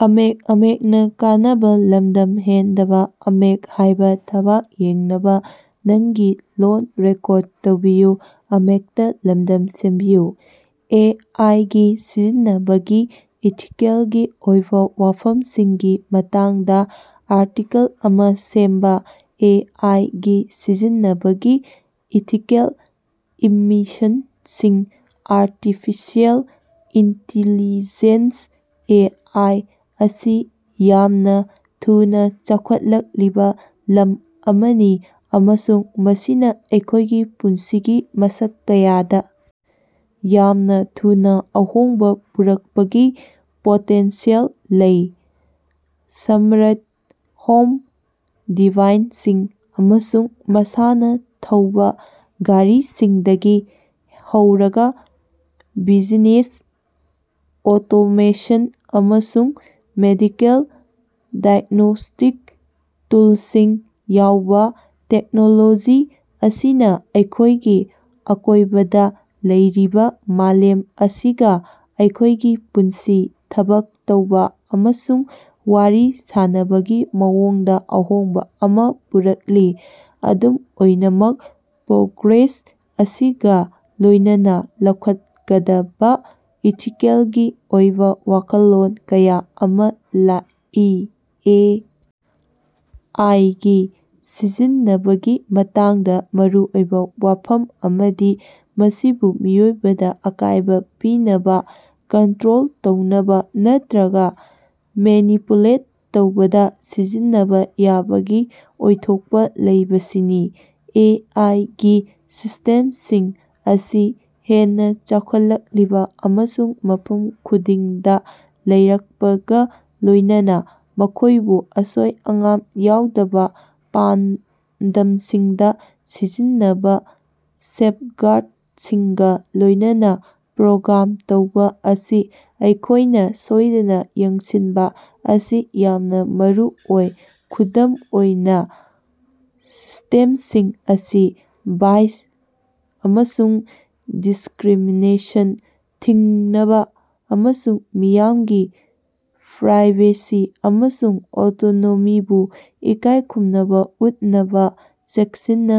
ꯑꯦ. I. ꯒꯤ ꯁꯤꯖꯤꯟꯅꯕꯒꯤ ꯏꯊꯤꯀꯦꯜꯒꯤ ꯑꯣꯏꯕꯥ ꯋꯥꯐꯝꯁꯤꯡꯒꯤ ꯃꯇꯥꯡꯗꯥ ꯑꯥꯔꯇꯤꯀꯜ ꯑꯃꯥ ꯁꯦꯝꯕꯥ꯫ ꯑꯦ. ꯑꯥꯏ. ꯒꯤ ꯁꯤꯖꯤꯟꯅꯕꯒꯤ ꯏꯊꯤꯀꯦꯜ ꯏꯝꯃꯤꯁꯟꯁꯤꯡ ꯑꯥꯔꯇꯤꯐꯤꯁꯤꯑꯦꯜ ꯏꯟꯇꯤꯂꯤꯖꯦꯟꯁ (ꯑꯦ. ꯑꯥꯏ.) ꯑꯁꯤ ꯌꯥꯝꯅꯥ ꯊꯨꯅꯥ ꯆꯥꯎꯈꯠꯂꯛꯂꯤꯕꯥ ꯂꯝ ꯑꯃꯅꯤ ꯑꯃꯁꯨꯡ ꯃꯁꯤꯅꯥ ꯑꯩꯈꯣꯏꯒꯤ ꯄꯨꯟꯁꯤꯒꯤ ꯃꯁꯛ ꯀꯌꯥꯗꯥ ꯌꯥꯝꯅꯥ ꯊꯨꯅꯥ ꯑꯍꯣꯡꯕꯥ ꯄꯨꯔꯛꯄꯒꯤ ꯄꯣꯇꯦꯟꯁꯤꯌꯦꯜ ꯂꯩ꯫ ꯁ꯭ꯃꯥꯔꯠ ꯍꯣꯝ ꯗꯤꯚꯥꯏꯟꯁꯤꯡ ꯑꯃꯁꯨꯡ ꯃꯁꯥꯅ ꯊꯧꯕꯥ ꯒꯥꯔꯤꯁꯤꯡꯗꯒꯤ ꯍꯧꯔꯒꯥ ꯕꯤꯖꯤꯅꯦꯁ ꯑꯣꯇꯣꯃꯦꯁꯟ ꯑꯃꯁꯨꯡ ꯃꯦꯗꯤꯀꯦꯜ ꯗꯥꯏꯒ꯭ꯅꯣꯁ꯭ꯇꯤꯛ ꯇꯨꯜꯁꯤꯡ ꯌꯎꯕꯥ, ꯇꯦꯛꯅꯣꯂꯣꯖꯤ ꯑꯁꯤꯅꯥ ꯑꯩꯈꯣꯏꯒꯤ ꯑꯀꯣꯏꯕꯗꯥ ꯂꯩꯔꯤꯕꯥ ꯃꯥꯂꯦꯝ ꯑꯁꯤꯒꯥ ꯑꯩꯈꯣꯏꯒꯤ ꯄꯨꯟꯁꯤ, ꯊꯕꯛ ꯇꯧꯕꯥ ꯑꯃꯁꯨꯡ ꯋꯥꯔꯤ ꯁꯥꯅꯕꯒꯤ ꯃꯑꯣꯡꯗꯥ ꯑꯍꯣꯡꯕꯥ ꯑꯃꯥ ꯄꯨꯔꯛꯂꯤ꯫ ꯑꯗꯨꯝ ꯑꯣꯏꯅꯃꯛ, ꯄ꯭ꯔꯣꯒ꯭ꯔꯦꯁ ꯑꯁꯤꯒꯥ ꯂꯣꯏꯅꯅꯥ ꯂꯧꯈꯠꯀꯗꯕꯥ ꯏꯊꯤꯀꯦꯜꯒꯤ ꯑꯣꯏꯕꯥ ꯋꯥꯈꯜꯂꯣꯟ ꯀꯌꯥ ꯑꯃꯥ ꯂꯥꯛꯏ꯫ ꯑꯦ. ꯑꯥꯏ. ꯒꯤ ꯁꯤꯖꯤꯟꯅꯕꯒꯤ ꯃꯇꯥꯡꯗꯥ ꯃꯔꯨꯑꯣꯏꯕꯥ ꯋꯥꯐꯝ ꯑꯃꯗꯤ ꯃꯁꯤꯕꯨ ꯃꯤꯑꯣꯏꯕꯗꯥ ꯑꯀꯥꯏꯕꯥ ꯄꯤꯅꯕꯥ, ꯀꯟꯇꯔꯣꯜ ꯇꯧꯅꯕꯥ ꯅꯠꯇꯔꯒꯥ ꯃꯦꯅꯤꯄꯨꯂꯦꯠ ꯇꯧꯕꯗꯥ ꯁꯤꯖꯤꯟꯅꯕꯥ ꯌꯥꯕꯒꯤ ꯑꯣꯏꯊꯣꯛꯄꯥ ꯂꯩꯕꯁꯤꯅꯤ꯫ ꯑꯦ. ꯑꯥꯏ. ꯒꯤ ꯁꯤꯁ꯭ꯇꯦꯝꯁꯤꯡ ꯑꯁꯤ ꯍꯦꯟꯅꯥ ꯆꯥꯎꯈꯠꯂꯛꯂꯤꯕꯥ ꯑꯃꯁꯨꯡ ꯃꯐꯝ ꯈꯨꯗꯤꯡꯗꯥ ꯂꯩꯔꯛꯄꯒꯥ ꯂꯣꯏꯅꯅꯥ, ꯃꯈꯣꯏꯕꯨ ꯑꯁꯣꯏ-ꯑꯉꯥꯝ ꯌꯥꯎꯗꯕꯥ ꯄꯥꯟꯗꯝꯁꯤꯡꯗꯥ ꯁꯤꯖꯤꯟꯅꯗꯅꯕꯥ ꯁꯦꯐꯒꯥꯔꯗꯁꯤꯡꯒꯥ ꯂꯣꯌꯏꯅꯥ ꯄ꯭ꯔꯣꯒ꯭ꯔꯥꯝ ꯇꯧꯕꯥ ꯑꯁꯤ ꯑꯩꯈꯣꯏꯅꯥ ꯁꯣꯏꯗꯅꯥ ꯌꯦꯡꯁꯤꯟꯕꯥ ꯑꯁꯤ ꯌꯥꯝꯅꯥ ꯃꯔꯨꯑꯣꯏ꯫ ꯈꯨꯗꯝ ꯑꯣꯏꯅꯥ, ꯁꯤꯁ꯭ꯇꯦꯝꯁꯤꯡ ꯑꯁꯤ ꯕꯥꯏꯁ ꯑꯃꯁꯨꯡ ꯗꯤꯁꯀꯔꯤꯃꯤꯅꯦꯁꯟ ꯊꯤꯡꯅꯕꯥ, ꯑꯃꯁꯨꯡ ꯃꯤꯌꯥꯝꯒꯤ ꯄ꯭ꯔꯥꯏꯚꯦꯁꯤ ꯑꯃꯁꯨꯡ ꯑꯣꯇꯣꯅꯣꯃꯤꯕꯨ ꯏꯀꯥꯏꯈꯨꯝꯅꯕꯥ ꯎꯠꯅꯕꯥ ꯆꯦꯛꯁꯤꯟꯅꯥ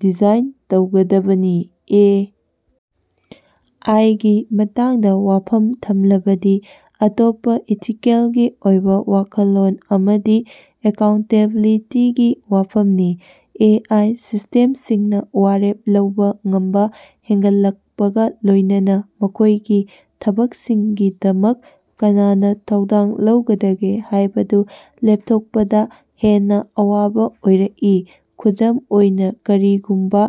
ꯗꯤꯖꯥꯏꯟ ꯇꯧꯒꯗꯕꯅꯤ꯫ ꯑꯦ. ꯑꯥꯏ. ꯒꯤ ꯃꯇꯥꯡꯗꯥ ꯋꯥꯐꯝ ꯊꯝꯂꯕꯗꯤ ꯑꯇꯣꯞꯄꯥ ꯏꯊꯤꯀꯦꯜꯒꯤ ꯑꯣꯏꯕꯥ ꯋꯥꯈꯜꯂꯣꯟ ꯑꯃꯗꯤ ꯑꯦꯀꯥꯎꯟꯇꯦꯕꯤꯂꯤꯇꯤꯒꯤ ꯋꯥꯐꯝꯅꯤ꯫ ꯑꯦ. ꯑꯥꯏ. ꯁꯤꯁ꯭ꯇꯦꯝꯁꯤꯡꯅꯥ ꯋꯥꯔꯦꯞ ꯂꯧꯕꯥ ꯉꯝꯕꯥ ꯍꯦꯒꯠꯂꯛꯄꯒꯥ ꯂꯣꯏꯅꯅꯥ ꯃꯈꯣꯏꯒꯤ ꯊꯕꯛꯁꯤꯡꯒꯤꯗꯃꯛ ꯀꯅꯅꯥ ꯊꯧꯗꯥꯡ ꯂꯧꯒꯗꯒꯦ ꯍꯥꯏꯕꯗꯨ ꯂꯦꯞꯊꯣꯛꯄꯗꯥ ꯍꯦꯟꯅꯥ ꯑꯋꯥꯕꯥ ꯑꯣꯏꯔꯛꯏ꯫ ꯈꯨꯗꯝ ꯑꯣꯏꯅꯥ, ꯀꯔꯤꯒꯨꯝꯕꯥ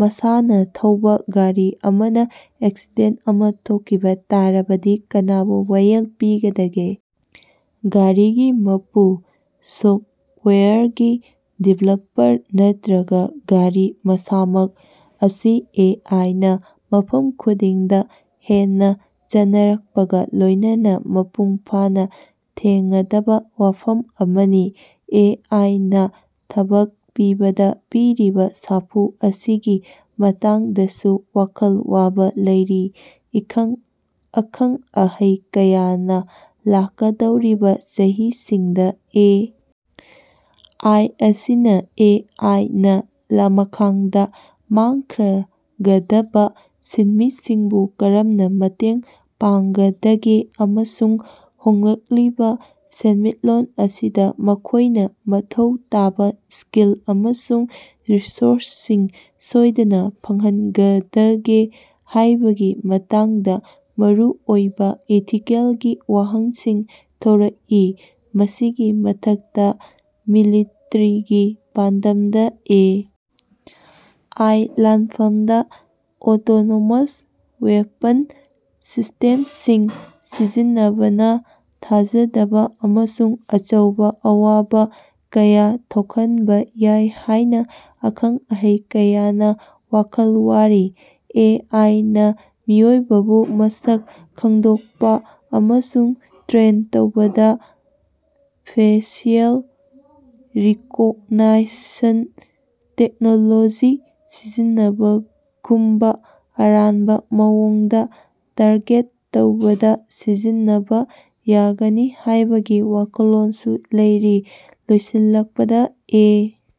ꯃꯁꯥꯅ ꯊꯧꯕꯥ ꯒꯥꯔꯤ ꯑꯃꯅꯥ ꯑꯦꯛꯁꯤꯗꯦꯟ ꯑꯃꯥ ꯊꯣꯛꯈꯤꯕꯥ ꯇꯥꯔꯕꯗꯤ ꯀꯅꯥꯕꯨ ꯋꯥꯌꯦꯜ ꯄꯤꯒꯗꯒꯦ? ꯒꯥꯔꯤꯒꯤ ꯃꯄꯨ, ꯁꯣꯐꯋꯦꯌꯔꯒꯤ ꯗꯤꯕꯦꯂꯄꯔ ꯅꯠꯇꯔꯒꯥ ꯒꯥꯔꯤ ꯃꯁꯥꯃꯛ? ꯃꯁꯤ ꯑꯦ. ꯑꯥꯏ. ꯅꯥ ꯃꯐꯝ ꯈꯨꯗꯤꯡꯗꯥ ꯍꯦꯟꯅꯥ ꯆꯠꯅꯔꯛꯄꯒꯥ ꯂꯣꯏꯅꯅꯥ ꯃꯄꯨꯡ ꯐꯥꯅꯥ ꯊꯦꯡꯉꯗꯕꯥ ꯋꯥꯐꯝ ꯑꯃꯅꯤ꯫ ꯑꯦ. ꯑꯥꯏ. ꯅꯥ ꯊꯕꯛ ꯄꯤꯕꯗꯥ ꯄꯤꯔꯤꯕꯥ ꯁꯥꯐꯨ ꯑꯁꯤꯒꯤ ꯃꯇꯥꯡꯗꯁꯨ ꯋꯥꯈꯜ ꯋꯥꯕꯥ ꯂꯩꯔꯤ꯫ ꯑꯈꯪ -ꯑꯍꯩ ꯀꯌꯥꯅ ꯂꯥꯛꯀꯗꯧꯔꯤꯕꯥ ꯆꯍꯤꯁꯤꯡꯗꯥ ꯑꯦ. ꯑꯥꯏ. ꯃꯁꯤꯅꯥ ꯑꯦ. ꯑꯥꯏ. ꯅꯥ ꯂꯃꯈꯥꯡꯗ ꯃꯪꯈꯔꯒꯗꯕꯥ ꯁꯤꯟꯃꯤꯁꯤꯡꯕꯨ ꯀꯔꯝꯅꯥ ꯃꯇꯦꯡ ꯄꯥꯡꯒꯗꯒꯦ ꯑꯃꯁꯨꯡ ꯍꯣꯡꯂꯛꯂꯤꯕ ꯁꯦꯟꯃꯤꯠꯂꯣꯟ ꯑꯁꯤꯗꯥ ꯃꯈꯣꯏꯅꯥ ꯃꯊꯧ ꯇꯥꯕꯥ ꯁ꯭ꯀꯤꯜ ꯑꯃꯁꯨꯡ ꯔꯤꯁꯣꯔꯁꯁꯤꯡ ꯁꯣꯏꯗꯅꯥ ꯐꯪꯍꯟꯒꯗꯒꯦ ꯍꯥꯏꯕꯒꯤ ꯃꯇꯥꯡꯗ ꯃꯔꯨꯑꯣꯏꯕꯥ ꯏꯊꯤꯀꯦꯜꯒꯤ ꯋꯥꯍꯪꯁꯤꯡ ꯊꯣꯔꯛꯏ꯫ ꯃꯁꯤꯒꯤ ꯃꯊꯛꯇꯥ, ꯃꯤꯂꯤꯇꯔꯤꯒꯤ ꯄꯥꯟꯗꯝꯗꯥ ꯑꯦ. ꯑꯥꯏ. ꯂꯥꯟꯐꯝꯗꯥ ꯑꯣꯇꯣꯅꯣꯃꯁ ꯋꯦꯄꯟ ꯁꯤꯁ꯭ꯇꯦꯃꯁꯤꯡ ꯁꯤꯖꯤꯟꯅꯕꯅꯥ ꯊꯥꯖꯗꯕꯥ ꯑꯃꯁꯨꯡ ꯑꯆꯧꯕꯥ ꯑꯋꯥꯕꯥ ꯀꯌꯥ ꯊꯣꯛꯍꯟꯕꯥ ꯌꯥꯏ ꯍꯥꯏꯅꯥ ꯑꯈꯪ-ꯑꯍꯩ ꯀꯌꯥꯅ ꯋꯥꯈꯜ ꯋꯥꯔꯤ꯫ ꯑꯦ. ꯑꯥꯏ. ꯅꯥ ꯃꯤꯑꯣꯏꯕꯕꯨ ꯃꯁꯛ ꯈꯪꯗꯣꯛꯄꯥ ꯑꯃꯁꯨꯡ ꯇ꯭ꯔꯦꯟ ꯇꯧꯕꯗꯥ ꯐꯦꯁꯤꯑꯦꯜ ꯔꯤꯀꯣꯛꯒꯅꯥꯏꯁꯟ ꯇꯦꯛꯅꯣꯂꯣꯖꯤ ꯁꯤꯖꯤꯟꯅꯕꯒꯨꯝꯕꯥ ꯑꯔꯥꯟꯕꯥ ꯃꯑꯣꯡꯗꯥ ꯇꯥꯔꯒꯦꯠ ꯇꯧꯕꯗꯥ ꯁꯤꯖꯤꯟꯅꯕꯥ ꯌꯥꯒꯅꯤ ꯍꯥꯏꯕꯒꯤ ꯋꯥꯈꯜꯂꯣꯟꯁꯨ ꯂꯩꯔꯤ꯫ ꯂꯣꯏꯁꯤꯜꯂꯛꯄꯗꯥ, ꯑꯦ꯫